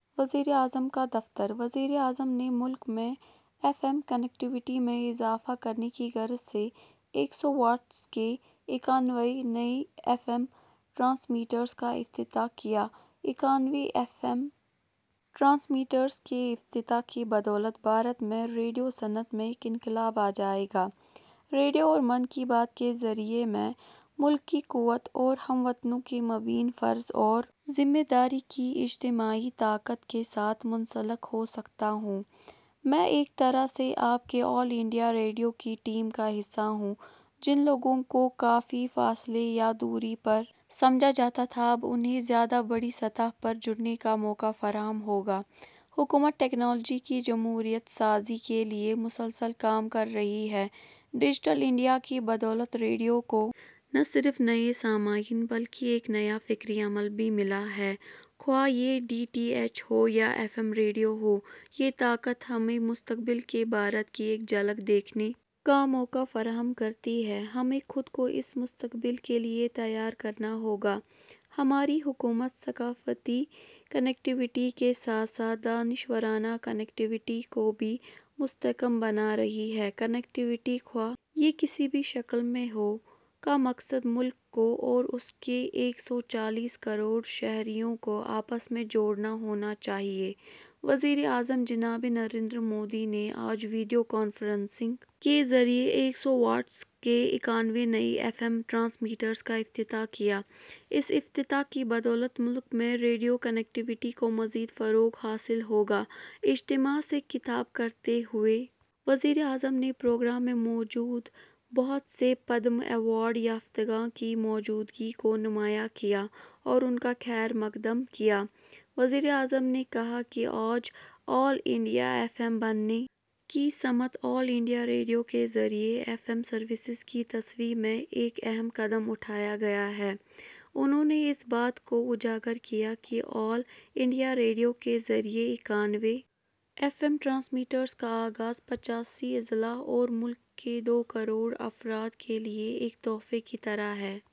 وزیر اعظم کا دفتر وزیر اعظم نے ملک میں ایف ایم کنیکٹیویٹی میں اضافہ کرنے کی غرض سے ایک سو واٹس کے اکانوے نئے ایف ایم ٹرانسمیٹرس کا افتتاح کیا اکانوے ایف ایم ٹرانسمیٹرس کے افتتاح کی بدولت بھارت میں ریڈیو صنعت میں ایک انقلاب آ جائے گا ریڈیو اور من کی بات کے ذریعہ میں ملک کی قوت اور ہم وطنوں کے مابین فرض اور ذمہ داری کی اجتماعی طاقت کے ساتھ منسلک ہو سکتا ہوں میں ایک طرح سے آپ کے آل انڈیا ریڈیو کی ٹیم کا حصہ ہوں جن لوگوں کو کافی فاصلے یا دوری پر سمجھا جاتا تھا اب انہیں زیادہ بڑی سطح پر جڑنے کا موقع فراہم ہو گا حکومت ٹیکنالوجی کی جمہوریت سازی کے لیے مسلسل کام کر رہی ہے ڈیجیٹل انڈیا کی بدولت ریڈیو کو نہ صرف نئے سامعین بلکہ ایک نیا فکری عمل بھی ملا ہے خواہ یہ ڈی ٹی ایچ ہو یا ایف ایم ریڈیو ہو یہ طاقت ہمیں مستقبل کے بھارت کی ایک جھلک دیکھنے کا موقع فراہم کرتی ہے ہمیں خود کو اس مستقبل کے لیے تیار کرنا ہو گا ہماری حکومت ثقافتی کنیکٹیویٹی کے ساتھ ساتھ دانشورانہ کنیکٹیویٹی کو بھی مستحکم بنا رہی ہے کنیکٹیویٹی خواہ یہ کسی بھی شکل میں ہو کا مقصد ملک کو اور اس کے ایک سو چالیس کروڑ شہریوں کو آپس میں جوڑنا ہونا چاہیے وزیر اعظم جناب نریندر مودی نے آج ویڈیو کانفرنسنگ کے ذریعہ ایک سو واٹس کے اکانوے نئے ایف ایم ٹرانسمیٹرس کا افتتاح کیا اس افتتاح کی بدولت ملک میں ریڈیو کنیکٹیویٹی کو مزید فروغ حاصل ہو گا اجتماع سے خطاب کرتے ہوئے وزیر اعظم نے پروگرام میں موجود بہت سے پدم ایوارڈ یافتگان کی موجودگی کو نمایاں کیا اور ان کا خیر مقدم کیا وزیر اعظم نے کہا کہ آج آل انڈیا ایف ایم بننے کی سمت آل انڈیا ریڈیو کے ذریعہ ایف ایم سروسز کی توسیع میں ایک اہم قدم اٹھایا گیا ہے انہوں نے اس بات کو اجاگر کیا کہ آل انڈیا ریڈیو کے ذریعہ اکانوے ایف ایم ٹرانسمیٹرس کا آغاز پچاسی اضلاع اور ملک کے دو کروڑ افراد کے لیے ایک تحفے کی طرح ہے